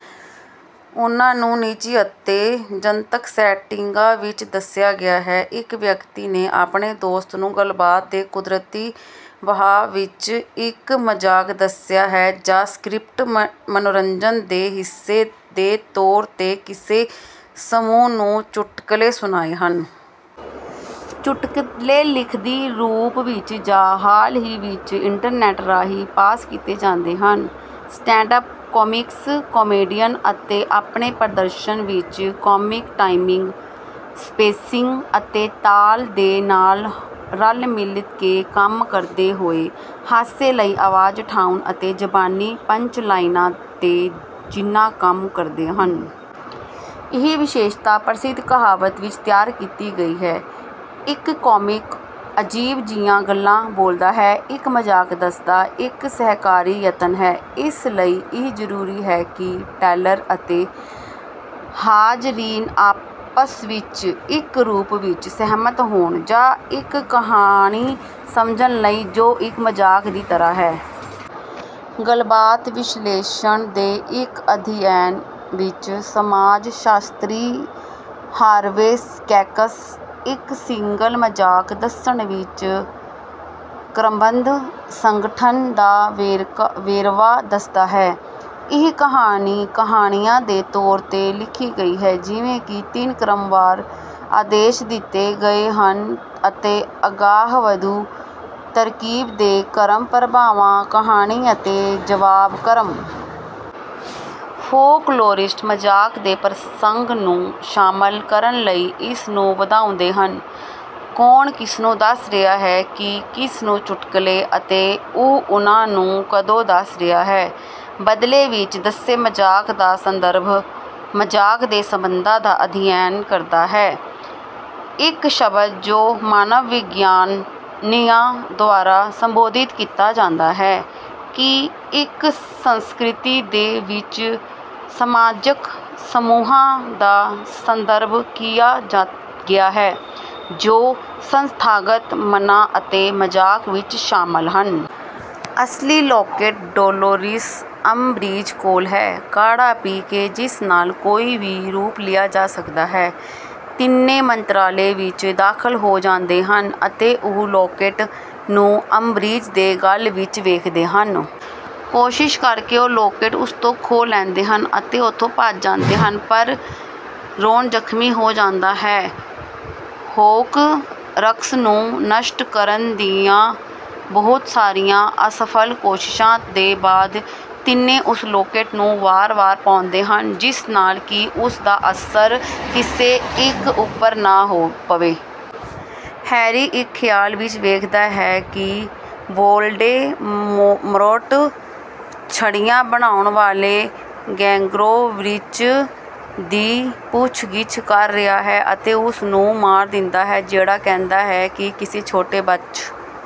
ਉਹਨਾਂ ਨੂੰ ਨਿੱਜੀ ਅਤੇ ਜਨਤਕ ਸੈਟਿੰਗਾਂ ਵਿੱਚ ਦੱਸਿਆ ਗਿਆ ਹੈ। ਇੱਕ ਵਿਅਕਤੀ ਨੇ ਆਪਣੇ ਦੋਸਤ ਨੂੰ ਗੱਲਬਾਤ ਦੇ ਕੁਦਰਤੀ ਵਹਾਅ ਵਿੱਚ ਇੱਕ ਮਜ਼ਾਕ ਦੱਸਿਆ ਹੈ ਜਾਂ ਸਕ੍ਰਿਪਟ ਮਨੋਰੰਜਨ ਦੇ ਹਿੱਸੇ ਦੇ ਤੌਰ ’ਤੇ ਕਿਸੇ ਸਮੂਹ ਨੂੰ ਚੁਟਕਲੇ ਸੁਣਾਏ ਹਨ। ਚੁਟਕਲੇ ਲਿਖਤੀ ਰੂਪ ਵਿੱਚ ਜਾਂ, ਹਾਲ ਹੀ ਵਿੱਚ, ਇੰਟਰਨੈੱਟ ਰਾਹੀਂ ਪਾਸ ਕੀਤੇ ਜਾਂਦੇ ਹਨ। ਸਟੈਂਡ-ਅੱਪ ਕਾਮਿਕਸ, ਕਾਮੇਡੀਅਨ ਅਤੇ ਆਪਣੇ ਪ੍ਰਦਰਸ਼ਨ ਵਿੱਚ ਕਾਮਿਕ ਟਾਈਮਿੰਗ, ਸਪੇਸਿੰਗ ਅਤੇ ਤਾਲ ਦੇ ਨਾਲ ਰਲ-ਮਿਲ ਕੇ ਕੰਮ ਕਰਦੇ ਹੋਏ, ਹਾਸੇ ਲਈ ਆਵਾਜ਼ ਉਠਾਉਣ ਅਤੇ ਜ਼ਬਾਨੀ ਪੰਚਲਾਈਨਾਂ ’ਤੇ ਜਿੰਨਾ ਕੰਮ ਕਰਦੇ ਹਨ। ਇਹ ਵਿਸ਼ੇਸ਼ਤਾ ਪ੍ਰਸਿੱਧ ਕਹਾਵਤ ਵਿੱਚ ਤਿਆਰ ਕੀਤੀ ਗਈ ਹੈ: “ਇੱਕ ਕਾਮਿਕ ਅਜੀਬ ਜਿਹੀਆਂ ਗੱਲਾਂ ਬੋਲਦਾ ਹੈ; ਇੱਕ ਮਜ਼ਾਕ ਦੱਸਣਾ ਇੱਕ ਸਹਿਕਾਰੀ ਯਤਨ ਹੈ। ਇਸ ਲਈ ਇਹ ਜ਼ਰੂਰੀ ਹੈ ਕਿ ਟੈਲਰ ਅਤੇ ਹਾਜ਼ਰੀਨ ਆਪਸ ਵਿੱਚ ਇੱਕ ਰੂਪ ਵਿੱਚ ਸਹਿਮਤ ਹੋਣ ਜਾਂ ਇੱਕ ਕਹਾਣੀ ਸਮਝਣ ਲਈ ਜੋ ਇੱਕ ਮਜ਼ਾਕ ਦੀ ਤਰ੍ਹਾਂ ਹੈ।” ਗੱਲਬਾਤ ਵਿਸ਼ਲੇਸ਼ਣ ਦੇ ਇੱਕ ਅਧਿਐਨ ਵਿੱਚ, ਸਮਾਜ-ਸ਼ਾਸਤਰੀ ਹਾਰਵੇ ਸਕੈਕਸ ਇੱਕ ਸਿੰਗਲ ਮਜ਼ਾਕ ਦੱਸਣ ਵਿੱਚ ਕ੍ਰਮਬੱਧ ਸੰਗਠਨ ਦਾ ਵੇਰਵਾ ਦੱਸਦਾ ਹੈ। “ਇਹ ਕਹਾਣੀ ਕਹਾਣੀਆਂ ਦੇ ਤੌਰ ’ਤੇ ਲਿਖੀ ਗਈ ਹੈ, ਜਿਵੇਂ ਕਿ ਤਿੰਨ ਕ੍ਰਮਵਾਰ ਆਦੇਸ਼ ਦਿੱਤੇ ਗਏ ਹਨ ਅਤੇ ਅਗਾਂਹਵਧੂ ਤਰਤੀਬ ਦੇ ਕ੍ਰਮ—ਪ੍ਰਭਾਵਾਂ, ਕਹਾਣੀ ਅਤੇ ਜਵਾਬ ਕ੍ਰਮ।” ਫੋਕਲੋਰਿਸਟ ਮਜ਼ਾਕ ਦੇ ਪ੍ਰਸੰਗ ਨੂੰ ਸ਼ਾਮਲ ਕਰਨ ਲਈ ਇਸ ਨੂੰ ਵਧਾਉਂਦੇ ਹਨ: ਕੌਣ ਕਿਸਨੂੰ ਦੱਸ ਰਿਹਾ ਹੈ ਕਿ ਕਿਸ ਨੂੰ ਚੁਟਕਲੇ? ਅਤੇ ਉਹ ਉਨ੍ਹਾਂ ਨੂੰ ਕਦੋਂ ਦੱਸ ਰਿਹਾ ਹੈ? ਬਦਲੇ ਵਿੱਚ ਦੱਸੇ ਮਜ਼ਾਕ ਦਾ ਸੰਦਰਭ ਮਜ਼ਾਕ ਦੇ ਸੰਬੰਧਾਂ ਦਾ ਅਧਿਐਨ ਕਰਦਾ ਹੈ, ਇੱਕ ਸ਼ਬਦ ਜੋ ਮਾਨਵ-ਵਿਗਿਆਨੀਆਂ ਦੁਆਰਾ ਸੰਬੋਧਿਤ ਕੀਤਾ ਜਾਂਦਾ ਹੈ ਕਿ ਇੱਕ ਸੰਸਕ੍ਰਿਤੀ ਦੇ ਵਿੱਚ ਸਮਾਜਿਕ ਸਮੂਹਾਂ ਦਾ ਸੰਦਰਭ ਕੀਤਾ ਗਿਆ ਹੈ, ਜੋ ਸੰਸਥਾਗਤ ਮਨਾਂ ਅਤੇ ਮਜ਼ਾਕ ਵਿੱਚ ਸ਼ਾਮਲ ਹਨ। ਅਸਲੀ ਲੌਕੇਟ ਡੋਲੋਰਿਸ ਅੰਬਰਿਜ ਕੋਲ ਹੈ। ਕਾੜ੍ਹਾ ਪੀ ਕੇ, ਜਿਸ ਨਾਲ ਕੋਈ ਵੀ ਰੂਪ ਲਿਆ ਜਾ ਸਕਦਾ ਹੈ, ਤਿੰਨੇ ਮੰਤਰਾਲੇ ਵਿੱਚ ਦਾਖ਼ਲ ਹੋ ਜਾਂਦੇ ਹਨ ਅਤੇ ਉਹ ਲੌਕੇਟ ਨੂੰ ਅੰਬਰਿਜ ਦੇ ਗਲ ਵਿੱਚ ਵੇਖਦੇ ਹਨ। ਕੋਸ਼ਿਸ਼ ਕਰਕੇ ਉਹ ਲੌਕੇਟ ਉਸ ਤੋਂ ਖੋਹ ਲੈਂਦੇ ਹਨ ਅਤੇ ਉੱਥੋਂ ਭੱਜ ਜਾਂਦੇ ਹਨ, ਪਰ ਰੌਨ ਜ਼ਖ਼ਮੀ ਹੋ ਜਾਂਦਾ ਹੈ। ਹੋਕਰਕਸ ਨੂੰ ਨਸ਼ਟ ਕਰਨ ਦੀਆਂ ਬਹੁਤ ਸਾਰੀਆਂ ਅਸਫ਼ਲ ਕੋਸ਼ਿਸ਼ਾਂ ਦੇ ਬਾਅਦ, ਤਿੰਨੇ ਉਸ ਲੌਕੇਟ ਨੂੰ ਵਾਰ-ਵਾਰ ਪਾਉਂਦੇ ਹਨ, ਜਿਸ ਨਾਲ ਕਿ ਉਸ ਦਾ ਅਸਰ ਕਿਸੇ ਇੱਕ ਉੱਪਰ ਨਾ ਪਵੇ। ਹੈਰੀ ਇੱਕ ਖ਼ਿਆਲ ਵਿੱਚ ਵੇਖਦਾ ਹੈ ਕਿ ਵੌਲਡੇਮੌਰਟ ਛੜੀਆਂ ਬਣਾਉਣ ਵਾਲੇ ਗ੍ਰੇਗੋਰੋਵਿਚ ਦੀ ਪੁੱਛਗਿੱਛ ਕਰ ਰਿਹਾ ਹੈ ਅਤੇ ਉਸ ਨੂੰ ਮਾਰ ਦਿੰਦਾ ਹੈ, ਜਿਹੜਾ ਕਹਿੰਦਾ ਹੈ ਕਿ ਕਿਸੇ ਛੋਟੇ ਬੱਚ...